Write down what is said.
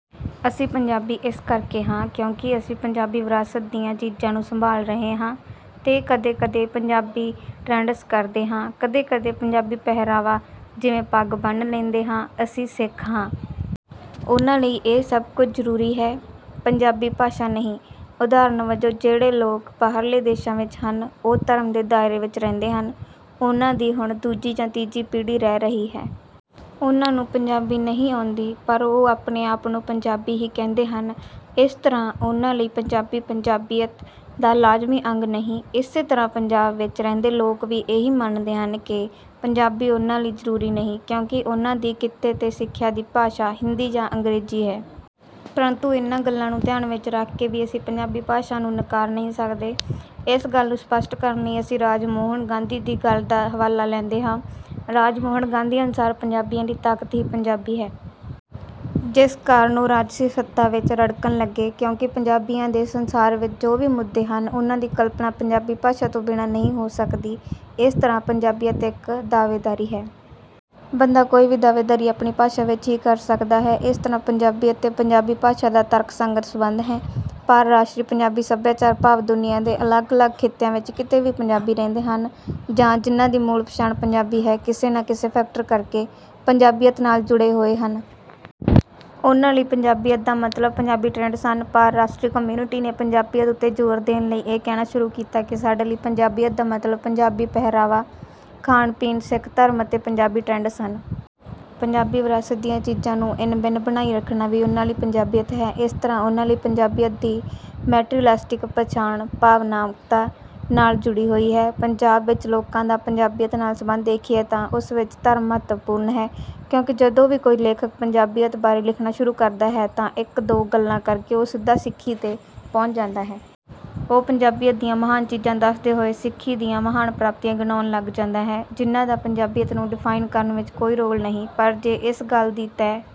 ਅਸੀਂ ਪੰਜਾਬੀ ਇਸ ਕਰਕੇ ਹਾਂ ਕਿਉਂਕਿ ਅਸੀਂ ਪੰਜਾਬੀ ਵਿਰਾਸਤ ਦੀਆਂ ਚੀਜ਼ਾਂ ਨੂੰ ਸੰਭਾਲ ਰਹੇ ਹਾਂ ਤੇ ਕਦੇ ਕਦੇ ਪੰਜਾਬੀ ਟ੍ਰੇਡਸ ਕਰਦੇ ਹਾਂ ਕਦੇ ਕਦੇ ਪੰਜਾਬੀ ਪਹਿਰਾਵਾ ਜਿਵੇਂ ਪੱਗ ਬੰਨ੍ਹ ਲੈਂਦੇ ਹਾਂ। ਅਸੀਂ ਸਿੱਖ ਹਾਂ। ਉਹਨਾਂ ਲਈ ਇਹ ਸਭ ਕੁਝ ਜ਼ਰੂਰੀ ਹੈ ਪੰਜਾਬੀ ਭਾਸ਼ਾ ਨਹੀਂ। ਉਦਾਹਰਨ ਵਜੋਂ ਜਿਹੜੇ ਲੋਕ ਬਾਹਰਲੇ ਦੇਸ਼ਾਂ ਵਿੱਚ ਹਨ ਉਹ ਧਰਮ ਦੇ ਦਾਇਰੇ ਵਿੱਚ ਰਹਿੰਦੇ ਹਨ। ਉਹਨਾਂ ਦੀ ਹੁਣ ਦੂਜੀ ਜਾਂ ਤੀਜੀ ਪੀੜ੍ਹੀ ਰਹਿ ਰਹੀ ਹੈ। ਉਹਨਾਂ ਨੂੰ ਪੰਜਾਬੀ ਨਹੀਂ ਆਉਂਦੀ ਪਰ ਉਹ ਆਪਣੇ ਆਪ ਨੂੰ ਪੰਜਾਬੀ ਹੀ ਕਹਿੰਦੇ ਹਨ। ਇਸ ਤਰ੍ਹਾਂ ਉਹਨਾਂ ਲਈ ਪੰਜਾਬੀ ਪੰਜਾਬੀਅਤ ਦਾ ਲਾਜ਼ਮੀ ਅੰਗ ਨਹੀਂ। ਇਸੇ ਤਰ੍ਹਾਂ ਪੰਜਾਬ ਵਿੱਚ ਰਹਿੰਦੇ ਲੋਕ ਵੀ ਇਹੀ ਮੰਨਦੇ ਹਨ ਕਿ ਪੰਜਾਬੀ ਉਹਨਾਂ ਲਈ ਜ਼ਰੂਰੀ ਨਹੀਂ ਕਿਉਂਕਿ ਉਹਨਾਂ ਦੀ ਕਿੱਤੇ ਤੇ ਸਿੱਖਿਆ ਦੀ ਭਾਸ਼ਾ ਹਿੰਦੀ ਜਾਂ ਅੰਗਰੇਜ਼ੀ ਹੈ। ਪਰੰਤੂ ਇਹਨਾਂ ਗੱਲਾਂ ਨੂੰ ਧਿਆਨ ਵਿੱਚ ਰੱਖ ਕੇ ਵੀ ਅਸੀਂ ਪੰਜਾਬੀ ਭਾਸ਼ਾ ਨੂੰ ਨਕਾਰ ਨਹੀਂ ਸਕਦੇ। ਇਸ ਗੱਲ ਨੂੰ ਸਪੱਸ਼ਟ ਕਰਨ ਲਈ ਅਸੀਂ ਰਾਜ ਮੋਹਨ ਗਾਂਧੀ ਦੀ ਗੱਲ ਦਾ ਹਵਾਲਾ ਲੈਂਦੇ ਹਾਂ। ਰਾਜ ਮੋਹਨ ਗਾਂਧੀ ਅਨੁਸਾਰ ਪੰਜਾਬੀਆਂ ਦੀ ਤਾਕਤ ਹੀ ਪੰਜਾਬੀ ਹੈ। ਜਿਸ ਕਾਰਨ ਉਹ ਰਾਜਸੀ ਸੱਤਾ ਵਿੱਚ ਰੜਕਣ ਲੱਗੇ ਕਿਉਂਕਿ ਪੰਜਾਬੀਆਂ ਦੇ ਸੰਸਾਰ ਵਿੱਚ ਜੋ ਵੀ ਮੁੱਦੇ ਹਨ ਉਹਨਾਂ ਦੀ ਕਲਪਨਾ ਪੰਜਾਬੀ ਭਾਸ਼ਾ ਤੋਂ ਬਿਨਾਂ ਨਹੀਂ ਹੋ ਸਕਦੀ। ਇਸ ਤਰ੍ਹਾਂ ਪੰਜਾਬੀਅਤ ਇੱਕ ਦਾਅਵੇਦਾਰੀ ਹੈ। ਬੰਦਾ ਕੋਈ ਵੀ ਦਾਅਵੇਦਾਰੀ ਆਪਣੀ ਭਾਸ਼ਾ ਵਿੱਚ ਹੀ ਕਰ ਸਕਦਾ ਹੈ। ਇਸ ਤਰ੍ਹਾਂ ਪੰਜਾਬੀਅਤ ਤੇ ਪੰਜਾਬੀ ਭਾਸ਼ਾ ਦਾ ਤਰਕਸੰਗਤ ਸੰਬੰਧ ਹੈ। ਪਾਰਰਾਸ਼ਟਰੀ ਪੰਜਾਬੀ ਸੱਭਿਆਚਾਰ ਭਾਵ ਦੁਨੀਆਂ ਦੇ ਅਲੱਗ ਅਲੱਗ ਖਿੱਤਿਆਂ ਵਿੱਚ ਕਿਤੇ ਵੀ ਪੰਜਾਬੀ ਰਹਿੰਦੇ ਹਨ ਜਾਂ ਜਿਨ੍ਹਾਂ ਦੀ ਮੂਲ ਪਛਾਣ ਪੰਜਾਬੀ ਹੈ ਕਿਸੇ ਨਾ ਕਿਸੇ ਫੈਕਟਰ ਕਰਕੇ ਪੰਜਾਬੀਅਤ ਨਾਲ ਜੁੜੇ ਹੋਏ ਹਨ। ਉਨ੍ਹਾਂ ਲਈ ਪੰਜਾਬੀਅਤ ਦਾ ਮਤਲਬ ਪੰਜਾਬੀ ਟ੍ਰੇਡਸ ਹਨ। ਪਾਰਰਾਸ਼ਟਰੀ ਕਮਿਊਨਿਟੀ ਨੇ ਪੰਜਾਬੀਅਤ ਉੱਤੇ ਜ਼ੋਰ ਦੇਣ ਲਈ ਇਹ ਕਹਿਣਾ ਸ਼ੁਰੂ ਕੀਤਾ ਕਿ ਸਾਡੇ ਲਈ ਪੰਜਾਬੀਅਤ ਦਾ ਮਤਲਬ ਪੰਜਾਬੀ ਪਹਿਰਾਵਾ ਖਾਣ ਪੀਣ ਸਿੱਖ ਧਰਮ ਅਤੇ ਪੰਜਾਬੀ ਟ੍ਰੇਡਸ ਹਨ। ਪੰਜਾਬੀ ਵਿਰਾਸਤ ਦੀਆਂ ਚੀਜ਼ਾਂ ਨੂੰ ਇਨ ਬਿਨ ਬਣਾਈ ਰੱਖਣਾ ਵੀ ਉਨ੍ਹਾਂ ਲਈ ਪੰਜਾਬੀਅਤ ਹੈ। ਇਸ ਤਰ੍ਹਾਂ ਉਨ੍ਹਾਂ ਲਈ ਪੰਜਾਬੀਅਤ ਦੀ ਮੈਟੀਰੀਅਲਿਸਟਿਕ ਪਛਾਣ ਭਾਵਨਾਤਮਕਤਾ ਨਾਲ ਜੁੜੀ ਹੋਈ ਹੈ। ਪੰਜਾਬ ਵਿੱਚ ਲੋਕਾਂ ਦਾ ਪੰਜਾਬੀਅਤ ਨਾਲ ਸੰਬੰਧ ਦੇਖੀਏ ਤਾਂ ਉਸ ਵਿੱਚ ਧਰਮ ਮਹੱਤਵਪੂਰਨ ਹੈ ਕਿਉਂਕਿ ਜਦੋਂ ਵੀ ਕੋਈ ਲੇਖਕ ਪੰਜਾਬੀਅਤ ਬਾਰੇ ਲਿਖਣਾ ਸ਼ੁਰੂ ਕਰਦਾ ਹੈ ਤਾਂ ਇੱਕ ਦੋ ਗੱਲਾਂ ਕਰਕੇ ਉਹ ਸਿੱਧਾ ਸਿੱਖੀ ਤੇ ਪਹੁੰਚ ਜਾਂਦਾ ਹੈ। ਉਹ ਪੰਜਾਬੀਅਤ ਦੀਆਂ ਮਹਾਨ ਚੀਜ਼ਾਂ ਦੱਸਦੇ ਹੋਏ ਸਿੱਖੀ ਦੀਆਂ ਮਹਾਨ ਪ੍ਰਾਪਤੀਆਂ ਗਿਣਾਉਣ ਲੱਗ ਜਾਂਦਾ ਹੈ ਜਿਨ੍ਹਾਂ ਦਾ ਪੰਜਾਬੀਅਤ ਨੂੰ ਡਿਫਾਈਨ ਕਰਨ ਵਿੱਚ ਕੋਈ ਰੋਲ ਨਹੀਂ ਪਰ ਜੇ ਇਸ ਗੱਲ ਦੀ ਤਹਿ